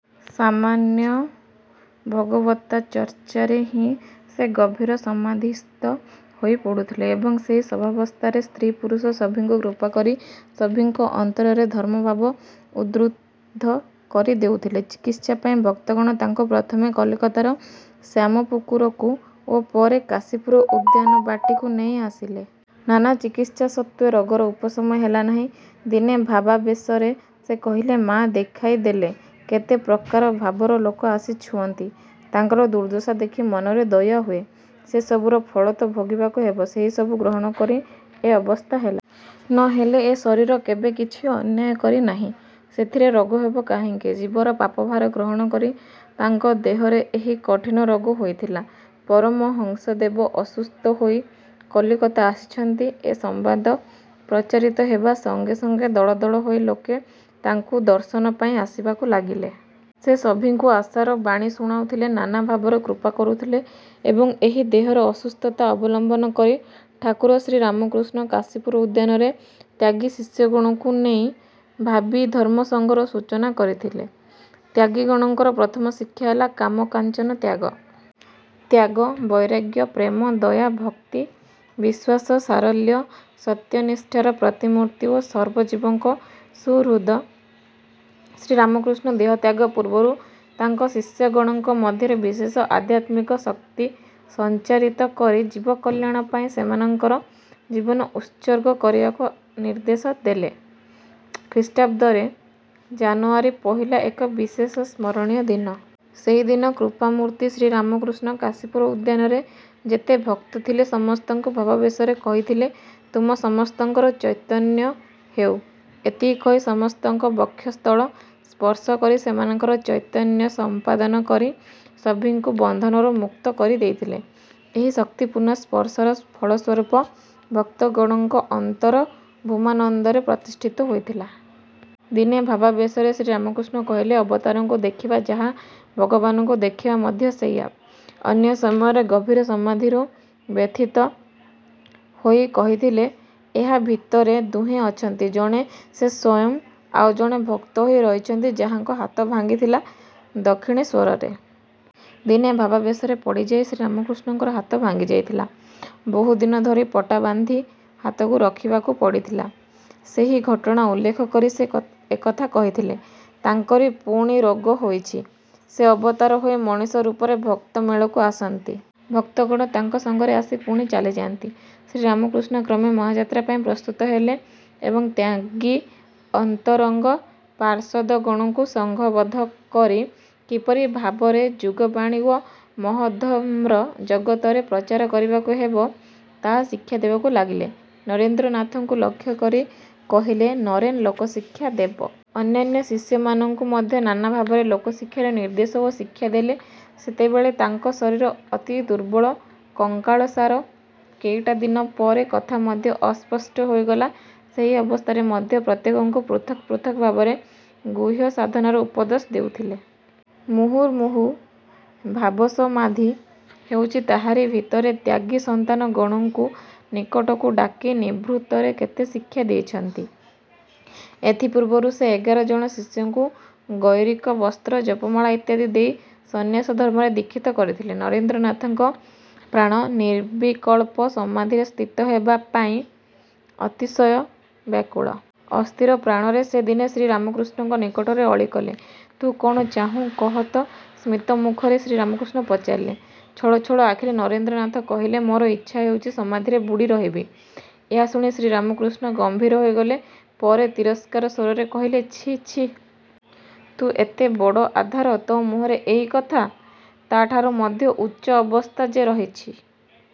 ସାମାନ୍ୟ ଭଗବତ୍ଚର୍ଚ୍ଚାରେ ହିଁ ସେ ଗଭୀର ସମାଧିସ୍ଥ ହୋଇ ପଡ଼ୁଥିଲେ ଏବଂ ସେହି ସଭାବସ୍ଥାରେ ସ୍ତ୍ରୀ ପୁରୁଷ ସଭିଙ୍କୁ କୃପା କରି ସଭିଙ୍କ ଅନ୍ତରରେ ଧର୍ମଭାବ ଉଦ୍ବୁଦ୍ଧ କରି ଦେଉଥିଲେ। ଚିକିତ୍ସା ପାଇଁ ଭକ୍ତଗଣ ତାଙ୍କୁ ପ୍ରଥମେ କଲିକତାର ଶ୍ୟାମପୁକୁରକୁ ଓ ପରେ କାଶୀପୁର ଉଦ୍ୟାନବାଟୀକୁ ନେଇ ଆସିଲେ। ନାନା ଚିକିତ୍ସା ସତ୍ତ୍ୱେ ରୋଗର ଉପଶମ ହେଲା ନାହିଁ। ଦିନେ ଭାବାବେଶରେ ସେ କହିଲେ ମା ଦେଖାଇ ଦେଲେ କେତେ ପ୍ରକାର ଭାବର ଲୋକ ଆସି ଛୁଅଁନ୍ତି ତାଙ୍କର ଦୁର୍ଦ୍ଦଶା ଦେଖି ମନରେ ଦୟା ହୁଏ ସେସବୁର ଫଳ ତ ଭୋଗିବାକୁ ହେବ। ସେ ସବୁ ଗ୍ରହଣ କରି ଏ ଅବସ୍ଥା ହେଲା। ନ ହେଲେ ଏ ଶରୀର କେବେ କିଛି ଅନ୍ୟାୟ କରି ନାହିଁ ସେଥିରେ ରୋଗ ହେବ କାହିଁକି। ଜୀବର ପାପଭାର ଗ୍ରହଣ କରି ତାଙ୍କ ଦେହରେ ଏହି କଠିନ ରୋଗ ହୋଇଥିଲା। ପରମହଂସଦେବ ଅସୁସ୍ଥ ହୋଇ କଲିକତା ଆସିଛନ୍ତି ଏ ସମ୍ବାଦ ପ୍ରଚାରିତ ହେବା ସଙ୍ଗେ ସଙ୍ଗେ ଦଳ ଦଳ ହୋଇ ଲୋକେ ତାଙ୍କୁ ଦର୍ଶନ ପାଇଁ ଆସିବାକୁ ଲାଗିଲେ। ସେ ସଭିଙ୍କୁ ଆଶାର ବାଣୀ ଶୁଣାଉଥିଲେ ନାନା ଭାବର କୃପା କରୁଥିଲେ ଏବଂ ଏହି ଦେହର ଅସୁସ୍ଥତା ଅବଲମ୍ବନ କରି ଠାକୁର ଶ୍ରୀରାମକୃଷ୍ଣ କାଶୀପୁର ଉଦ୍ୟାନରେ ତ୍ୟାଗୀ ଶିଷ୍ୟଗଣଙ୍କୁ ନେଇ ଭାବୀ ଧର୍ମସଂଘର ସୂଚନା କରିଥିଲେ। ତ୍ୟାଗୀଗଣଙ୍କର ପ୍ରଥମ ଶିକ୍ଷା ହେଲା କାମ କାଞ୍ଚନ ତ୍ୟାଗ। ତ୍ୟାଗ ବୈରାଗ୍ୟ ପ୍ରେମ ଦୟା ଭକ୍ତି ବିଶ୍ୱାସ ସାରଲ୍ୟ ସତ୍ୟନିଷ୍ଠାର ପ୍ରତିମୂର୍ତ୍ତି ଓ ସର୍ବଜୀବଙ୍କ ସୁହୃଦ୍ ଶ୍ରୀରାମକୃଷ୍ଣ ଦେହତ୍ୟାଗ ପୂର୍ବରୁ ତାଙ୍କ ଶିଷ୍ୟଗଣଙ୍କ ମଧ୍ୟରେ ବିଶେଷ ଆଧ୍ୟାତ୍ମିକ ଶକ୍ତି ସଂଚାରିତ କରି ଜୀବ କଲ୍ୟାଣ ପାଇଁ ସେମାନଙ୍କର ଜୀବନ ଉତ୍ସର୍ଗ କରିବାକୁ ନିର୍ଦ୍ଦେଶ ଦେଲେ। ଖ୍ରୀଷ୍ଟାବ୍ଦରେ ଜାନୁଆରୀ ପହିଲା ଏକ ବିଶେଷ ସ୍ମରଣୀୟ ଦିନ। ସେଦିନ କୃପାମୂର୍ତ୍ତି ଶ୍ରୀରାମକୃଷ୍ଣ କାଶୀପୁର ଉଦ୍ୟାନରେ ଯେତେ ଭକ୍ତ ଥିଲେ ସମସ୍ତଙ୍କୁ ଭାବାବେଶରେ କହିଥିଲେ ତୁମ ସମସ୍ତଙ୍କର ଚୈତନ୍ୟ ହେଉ। ଏତିକି କହି ସମସ୍ତଙ୍କ ବକ୍ଷସ୍ଥଳ ସ୍ପର୍ଶ କରି ସେମାନଙ୍କର ଚୈତନ୍ୟ ସମ୍ପାଦନ କରି ସଭିଙ୍କୁ ବନ୍ଧନରୁ ମୁକ୍ତ କରି ଦେଇଥିଲେ। ଏହି ଶକ୍ତିପୂର୍ଣ୍ଣ ସ୍ପର୍ଶର ଫଳସ୍ୱରୂପ ଭକ୍ତଗଣଙ୍କ ଅନ୍ତର ଭୂମାନନ୍ଦରେ ପ୍ରତିଷ୍ଠିତ ହୋଇଥିଲା। ଦିନେ ଭାବାବେଶରେ ଶ୍ରୀରାମକୃଷ୍ଣ କହିଲେ ଅବତାରଙ୍କୁ ଦେଖିବା ଯାହା ଭଗବାନଙ୍କୁ ଦେଖିବା ମଧ୍ୟ ସେଇଆ। ଅନ୍ୟ ସମୟରେ ଗଭୀର ସମାଧିରୁ ବ୍ୟଥିତ ହୋଇ କହିଥିଲେ ଏହା ଭିତରେ ଦୁହେଁ ଅଛନ୍ତି ଜଣେ ସେ ସ୍ୱୟଂ ଆଉ ଜଣେ ଭକ୍ତ ହୋଇ ରହିଛନ୍ତି ଯାହାଙ୍କ ହାତ ଭାଙ୍ଗିଥିଲା ଦକ୍ଷିଣେଶ୍ୱରରେ। ଦିନେ ଭାବାବେଶରେ ପଡ଼ିଯାଇ ଶ୍ରୀରାମକୃଷ୍ଣଙ୍କର ହାତ ଭାଙ୍ଗିଯାଇଥିଲା। ବହୁ ଦିନ ଧରି ପଟା ବାନ୍ଧି ହାତକୁ ରଖିବାକୁ ପଡ଼ିଥିଲା। ସେହି ଘଟଣା ଉଲ୍ଲେଖ କରି ସେ କ ଏକଥା କହିଥିଲେ। ତାଙ୍କରି ପୁଣି ରୋଗ ହୋଇଛି। ସେ ଅବତାର ହୋଇ ମଣିଷ ରୂପରେ ଭକ୍ତ ମେଳକୁ ଆସନ୍ତି। ଭକ୍ତଗଣ ତାଙ୍କ ସଙ୍ଗରେ ଆସି ପୁଣି ଚାଲିଯାଆନ୍ତି। ଶ୍ରୀରାମକୃଷ୍ଣ କ୍ରମେ ମହାଯାତ୍ରା ପାଇଁ ପ୍ରସ୍ତୁତ ହେଲେ ଏବଂ ତ୍ୟାଗୀ ଅନ୍ତରଙ୍ଗ ପାର୍ଷଦଗଣଙ୍କୁ ସଂଘବଦ୍ଧ କରି କିପରି ଭାବରେ ଯୁଗବାଣୀ ଓ ମହଦ୍ଧର୍ମ ଜଗତରେ ପ୍ରଚାର କରିବାକୁ ହେବ ତାହା ଶିକ୍ଷା ଦେବାକୁ ଲାଗିଲେ। ନରେନ୍ଦ୍ରନାଥଙ୍କୁ ଲକ୍ଷ୍ୟ କରି କହିଲେ ନରେନ୍ ଲୋକଶିକ୍ଷା ଦେବ। ଅନ୍ୟାନ୍ୟ ଶିଷ୍ୟମାନଙ୍କୁ ମଧ୍ୟ ନାନା ଭାବରେ ଲୋକଶିକ୍ଷାର ନିର୍ଦ୍ଦେଶ ଓ ଶିକ୍ଷା ଦେଲେ। ସେତେବେଳେ ତାଙ୍କ ଶରୀର ଅତି ଦୁର୍ବଳ କଙ୍କାଳସାର କେଇଟା ଦିନ ପରେ କଥା ମଧ୍ୟ ଅସ୍ପଷ୍ଟ ହୋଇଗଲା। ସେହି ଅବସ୍ଥାରେ ମଧ୍ୟ ପ୍ରତ୍ୟେକଙ୍କୁ ପୃଥକ୍ ପୃଥକ୍ ଭାବରେ ଗୁହ୍ୟ ସାଧନାର ଉପଦେଶ ଦେଉଥିଲେ। ମୁହୁର୍ମୁହୁଃ ଭାବସମାଧି ହେଉଛି ତାହାରି ଭିତରେ ତ୍ୟାଗୀ ସନ୍ତାନଗଣଙ୍କୁ ନିକଟକୁ ଡାକି ନିଭୃତରେ କେତେ ଶିକ୍ଷା ଦେଇଛନ୍ତି। ଏଥିପୂର୍ବରୁ ସେ ଏଗାର ଜଣ ଶିଷ୍ୟଙ୍କୁ ଗୈରିକବସ୍ତ୍ର ଜପମାଳା ଇତ୍ୟାଦି ଦେଇ ସନ୍ନ୍ୟାସଧର୍ମରେ ଦୀକ୍ଷିତ କରିଥିଲେ। ନରେନ୍ଦ୍ରନାଥଙ୍କ ପ୍ରାଣ ନିର୍ବିକଳ୍ପ ସମାଧିରେ ସ୍ଥିତ ହେବା ପାଇଁ ଅତିଶୟ ବ୍ୟାକୁଳ। ଅସ୍ଥିର ପ୍ରାଣରେ ସେ ଦିନେ ଶ୍ରୀରାମକୃଷ୍ଣଙ୍କ ନିକଟରେ ଅଳି କଲେ। ତୁ କଅଣ ଚାହୁଁ କହ ତ। ସ୍ମିତମୁଖରେ ଶ୍ରୀରାମକୃଷ୍ଣ ପଚାରିଲେ। ଛଳ ଛଳ ଆଖିରେ ନରେନ୍ଦ୍ରନାଥ କହିଲେ ମୋର ଇଚ୍ଛା ହେଉଛି ସମାଧିରେ ବୁଡ଼ି ରହିବି। ଏହା ଶୁଣି ଶ୍ରୀରାମକୃଷ୍ଣ ଗମ୍ଭୀର ହୋଇଗଲେ। ପରେ ତିରସ୍କାର ସ୍ୱରରେ କହିଲେ ଛି ଛି। ତୁ ଏତେ ବଡ଼ ଆଧାର। ତୋ ମୁହଁରେ ଏଇ କଥା। ତାଠାରୁ ମଧ୍ୟ ଉଚ୍ଚ ଅବସ୍ଥା ଯେ ରହିଛି।